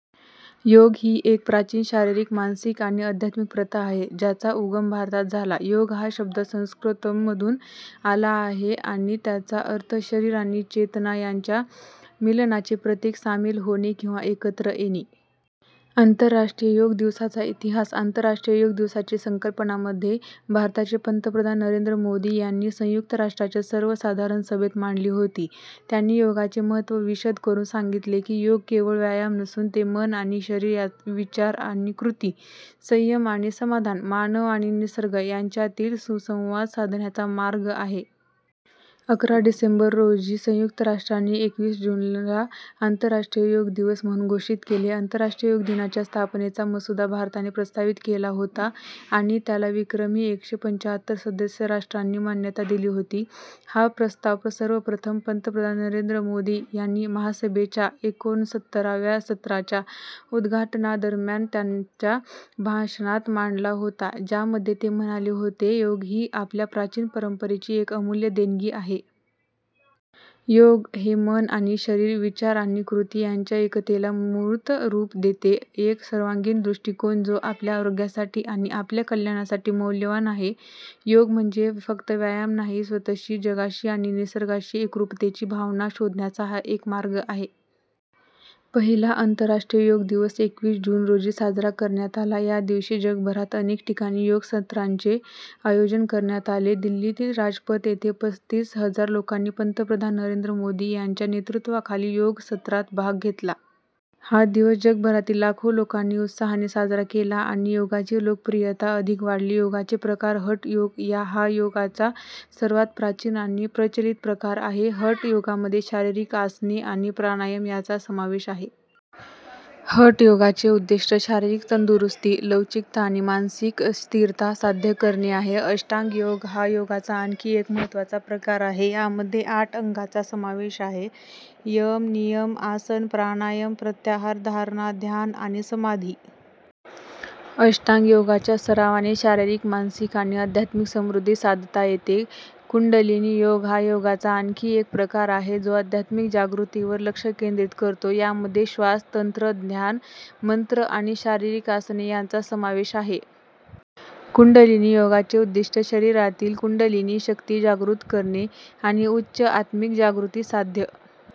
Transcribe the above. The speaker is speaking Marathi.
योग ही एक प्राचीन शारीरिक, मानसिक आणि आध्यात्मिक प्रथा आहे, ज्याचा उगम भारतात झाला. योग हा शब्द संस्कृतमधून आला आहे आणि त्याचा अर्थ शरीर आणि चेतना यांच्या मिलनाचे प्रतीक, सामील होणे किंवा एकत्र येणे. आंतरराष्ट्रीय योग दिवसाचा इतिहास. आंतरराष्ट्रीय योग दिवसाची संकल्पना मध्ये भारताचे पंतप्रधान नरेंद्र मोदी यांनी संयुक्त राष्ट्रांच्या सर्वसाधारण सभेत मांडली होती. त्यांनी योगाचे महत्त्व विशद करून सांगितले की, योग केवळ व्यायाम नसून, ते मन आणि शरीर, विचार आणि कृती, संयम आणि समाधान, मानव आणि निसर्ग यांच्यातील सुसंवाद साधण्याचा मार्ग आहे. अकरा डिसेंबर रोजी संयुक्त राष्ट्रांनी एकवीस जूनला आंतरराष्ट्रीय योग दिवस म्हणून घोषित केले. आंतरराष्ट्रीय योग दिनाच्या स्थापनेचा मसुदा भारताने प्रस्तावित केला होता आणि त्याला विक्रमी एकशे पंच्याहत्तर सदस्य राष्ट्रांनी मान्यता दिली होती. हा प्रस्ताव सर्वप्रथम पंतप्रधान नरेंद्र मोदी यांनी महासभेच्या एकोणसत्तराव्या सत्राच्या उद्घाटनादरम्यान त्यांच्या भाषणात मांडला होता, ज्यामध्ये ते म्हणाले होते, योग ही आपल्या प्राचीन परंपरेची एक अमूल्य देणगी आहे. योग हे मन आणि शरीर, विचार आणि कृती यांच्या एकतेला मूर्त रूप देते, एक सर्वांगीण दृष्टीकोन जो आपल्या आरोग्यासाठी आणि आपल्या कल्याणासाठी मौल्यवान आहे. योग म्हणजे फक्त व्यायाम नाही, स्वतःशी, जगाशी आणि निसर्गाशी एकरूपतेची भावना शोधण्याचा हा एक मार्ग आहे. पहिला आंतरराष्ट्रीय योग दिवस एकवीस जून रोजी साजरा करण्यात आला. या दिवशी जगभरात अनेक ठिकाणी योग सत्रांचे आयोजन करण्यात आले. दिल्लीतील राजपथ येथे पस्तीस हजार लोकांनी पंतप्रधान नरेंद्र मोदी यांच्या नेतृत्वाखाली योग सत्रात भाग घेतला. हा दिवस जगभरातील लाखो लोकांनी उत्साहाने साजरा केला आणि योगाची लोकप्रियता अधिक वाढली. योगाचे प्रकार. हठ योग हा योगाचा सर्वात प्राचीन आणि प्रचलित प्रकार आहे. हठ योगामध्ये शारीरिक आसने आणि प्राणायाम यांचा समावेश आहे. हठ योगाचे उद्दिष्ट शारीरिक तंदुरुस्ती, लवचिकता आणि मानसिक स्थिरता साध्य करणे आहे. अष्टांग योग हा योगाचा आणखी एक महत्त्वाचा प्रकार आहे. यामध्ये आठ अंगांचा समावेश आहे, यम, नियम, आसन, प्राणायाम, प्रत्याहार, धारणा, ध्यान आणि समाधी. अष्टांग योगाच्या सरावाने शारीरिक, मानसिक आणि आध्यात्मिक समृद्धी साधता येते. कुंडलिनी योग हा योगाचा आणखी एक प्रकार आहे, जो आध्यात्मिक जागृतीवर लक्ष केंद्रित करतो. यामध्ये श्वास तंत्र, ध्यान, मंत्र आणि शारीरिक आसने यांचा समावेश आहे. कुंडलिनी योगाचे उद्दिष्ट शरीरातील कुंडलिनी शक्ती जागृत करणे आणि उच्च आत्मिक जागृती साध्य